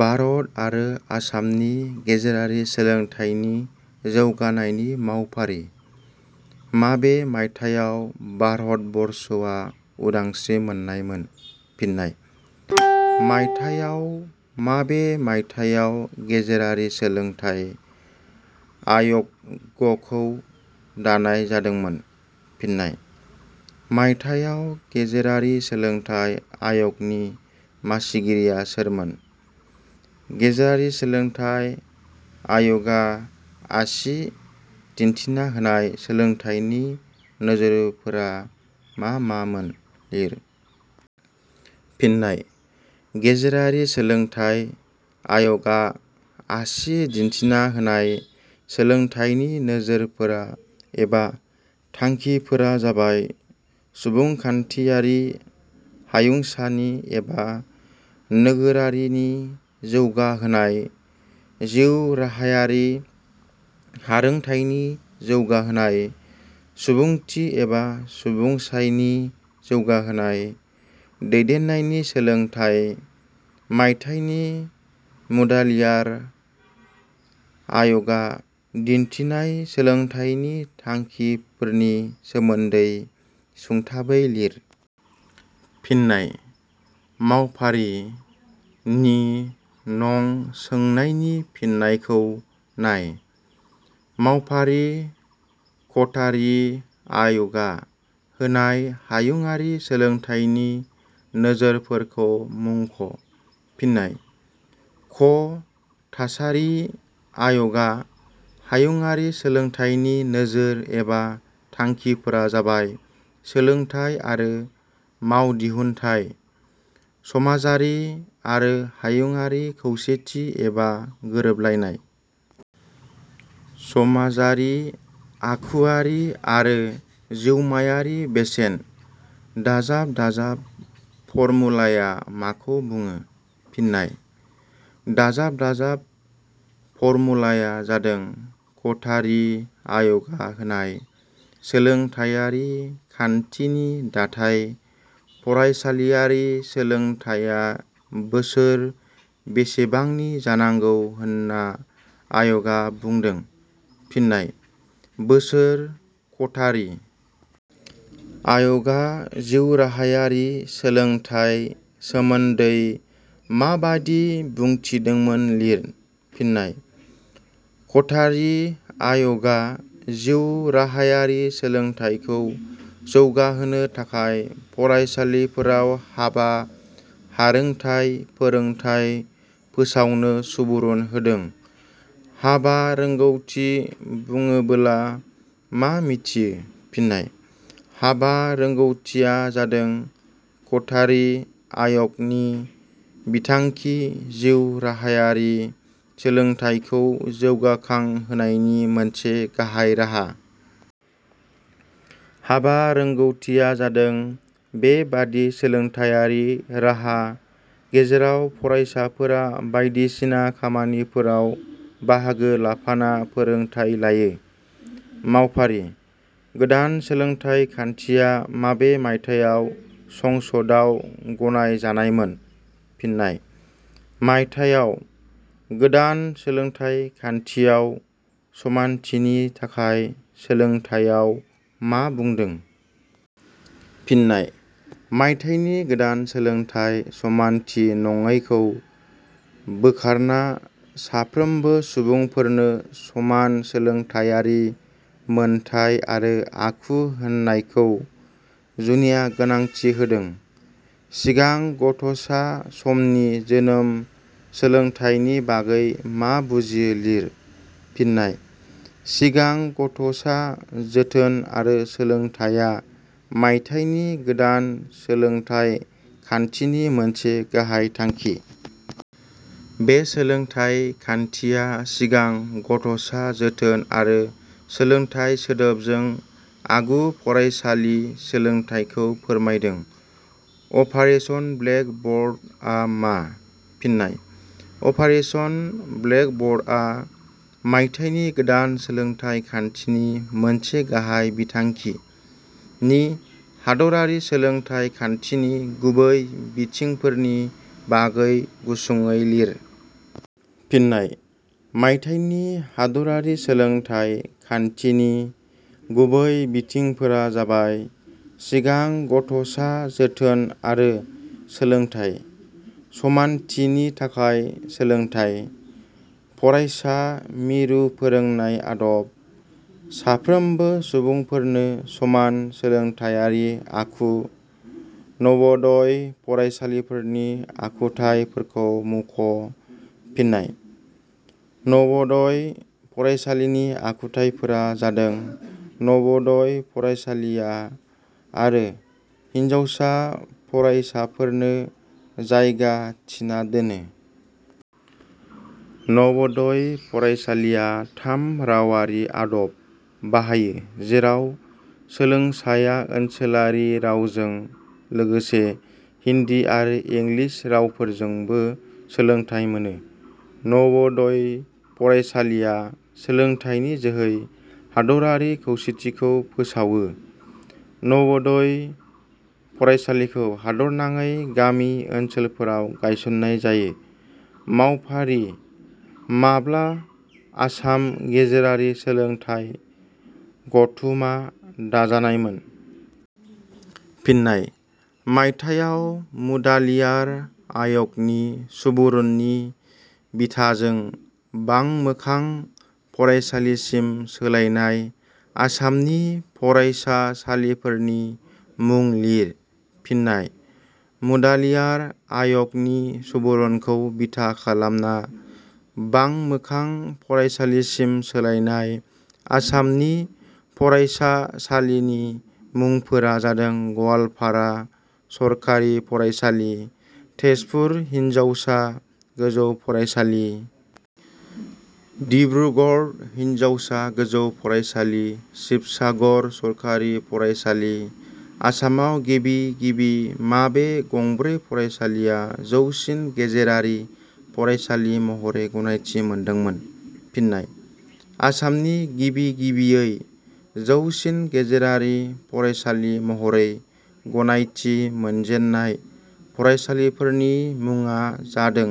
भारत आरो आसामनि गेजेरारि सोलोंथाइनि जौगानायनि मावफारि-.माबे मायथायाव भारतबर्षआ उदांस्रि मोननायमोन? फिन्नाय: मायथाइयाव. माबे मायथाइयाव गेजेरारि सोलोंथाइ आयग 'गखौ दानाय जादोंमोन? फिन्नाय: मायथाइयाव. गेजेरारि सोलोंथाइ आय'गनि मासिगिरिया सोरमोन?.गेजेरारि सोलोंथाइ आय 'गा आसि दिन्थिना होनाय सोलोंथाइनि नोजोरफोरा मा मा मोन लिर। फिन्नाय:गेजेरारि सोलोंथाइ आय 'गा आसि दिन्थिना होनाय सोलोंथाइनि नोजोरफोरा एबा थांखिफोरा जाबाय: सुबुंखान्थियारि हायुंसानि एबा नोगोरारिनि जौगा होनाय। जिउ राहायारि हारोंथाइनि जौगाहोनाय। सुबुंथि एबा सुबुंसायनि जौगाहोनाय। दैदेननायनि सोलोंथाइ।. - मायथाइनि मुडालियार आय 'गा दिन्थिनाय सोलोंथाइनि थांखिफोरनि सोमोन्दै सुंथाबै लिर। फिन्नाय: मावफारि – नि नं सोंनायनि फिननायखौ नाय। मावफारि-.कथारि आय 'गा होनाय हायुंङारि सोलोंथाइनि नोजोरफोरखौ मुंख'। फिन्नाय: क' थासारि आयगा हायुंङारि सोलोंथाइनि नोजोर एबा थांखिफोरा जाबाय: सोलोंथाइ आरो मावदिहुनथाइ। समाजारि आरो हायुंङारि खौसेथि एबा गोरोबलायनाय। समाजारि, आखुआरि आरो जिउमायारि बेसेन। दाजाब दाजाब फरमुलाया माखौ बुङो? फिन्नाय: दाजाब दाजाब फरमुलाया जादों कथारि आय 'गा होनाय सोलोंथाइयारि खान्थिनि दाथाय।.फरायसालियारि सोलोंथाइया बोसोर बेसेबांनि जानांगौ होनना आय 'गा बुंदों? फिन्नाय: बोसोर।.कथारि आय 'गा जिउराहायारि सोलोंथाइ सोमोन्दै माबादि बुंथिदोंमोन लिर। फिन्नाय: कथारि आय 'गा जिउ राहायारि सोलोंथाइखौ जौगाहोनो थाखाय फरायसालिफोराव हाबा – हारोंथाइ फोरोंथाइ फोसावनो सुबुरुन होदों।.'हाबा – रोंगौथि ' बुङोबोला मा मिथियो? फिन्नाय: 'हाबा – रोंगौथिया ' जादों कथारि आय 'गनि बिथांखि, जिउ राहायारि सोलोंथाइखौ जौगाखां होनायनि मोनसे गाहाइ राहा। हाबा रोंगौथिया जादों बे बादि सोलोंथाइयारि राहा गेजेराव फरायसाफोरा बायदिसिना खामानिफोराव बाहागो लाफाना फोरोंथाइ लायो। मावफारि -.गोदान सोलोंथाइ खान्थिया माबे मायथाइयाव संसदाव गनाय जानायमोन। फिन्नाय: मायथाइयाव।.गोदान सोलोंथाइ खान्थियाव 'समानथिनि थाखाय सोलोंथाइयाव ' मा बुंदों? फिन्नाय: मायथाइनि गोदान सोलोंथाइ समानथि नङैखौ बोखारना साफ्रोमबो सुबुंफोरनो समान सोलोंथाइयारि मोनथाइ आरो आखु होनायखौ जुनिया गोनांथि होदों।.सिगां गथ 'सा समनि जोनोम सोलोंथाइनि बागै मा बुजियो लिर। फिन्नाय: सिगां गथ 'सा जोथोन आरो सोलोंथाइया मायथाइनि गोदान सोलोंथाइ खान्थिनि मोनसे गाहाइ थांखि। बे सोलोंथाइ खान्थिया सिगां गथ'सा जोथोन आरो सोलोंथाइ सोदोबजों आगु – फरायसालि सोलोंथाइखौ फोरमायदों।.'आपारेसन ब्लेक बर्ड' आ मा? फिन्नाय: 'आपारेसन ब्लेक बर्ड' आ मायथाइनि गोदान सोलोंथाइ खान्थिनि मोनसे गाहाइ बिथांखि।. नि हादरारि सोलोंथाइ खान्थिनि गुबै बिथिंफोरनि बागै गुसुङैलिर। फिन्नाय: मायथाइनि हादरारि सोलोंथाइ खान्थिनि गुबै बिथिंफोरा जाबाय – सिगां गथ 'सा जोथोन आरो सोलोंथाइ। समानथिनि थाखाय सोलोंथाइ। फरायसा मिरु फोरोंनाय आदब। साफ्रोमबो सुबुंफोरनो समान सोलोंथाइयारि आखु।.नवोदय फरायसालिफोरनि आखुथाइ फोरखौ मुख'। फिन्नाय: नवोदय फरायसालिनि आखुथाइफोरा जादों: नवोदय फरायसालिया, आरो हिनजावसा फरासाफोरनो जायगा थिना दोनो। नवोदय फरायसालिया थाम रावआरि आदब बाहायो जेराव सोलोंसाया ओनसोलारि रावजों लोगोसे हिन्दि आरो इंग्लिस रावफोरजोंबो सोलोंथाइ मोनो। नवोदय फरायसालिया सोलोंथाइनि जोहै हादरारि खौसेथिखौ फोसावयो। नवोदय फरायसालिखौ हादरनाङै गामि ओनसोलफोराव गायसननाय जायो। मावफारि-.माब्ला आसाम गेजेरारि सोलोंथाइ गथुमा दाजानायमोन? फिन्नाय: मायथाइयाव।. मुडालियार आय 'गनि सुबुरुननि बिथाजों बांमोखां फरायसालिसिम सोलायनाय आसामनि फरायसासालिफोरनि मुं लिर। फिन्नाय: मुडालियार आय 'गनि सुबुरुनखौ बिथा खालामना बांमोखां फरायसालिसिम सोलायनाय आसामनि फरायसासालिनि मुंफोरा जादों: गवालपारा सरकारि फरायसालि। तेजपुर हिनजावसा गोजौ फरायसालि। डिब्रुगरड़़ हिनजावसा गोजौ फरायसालि। सिबसागर सरकारि फरायसालि।.आसामाव गिबि गिबि माबे गंब्रै फरायसालिया जौसिन गेजेरारि फरायसालि महरै गनायथि मोनदोंमोन? फिन्नाय: आसामनि गिबि गिबियै जौसिन गेजेरारि फरायसालि महरै गनायथि मोनजेननाय फरायसालिफोरनि मुङा जादों:।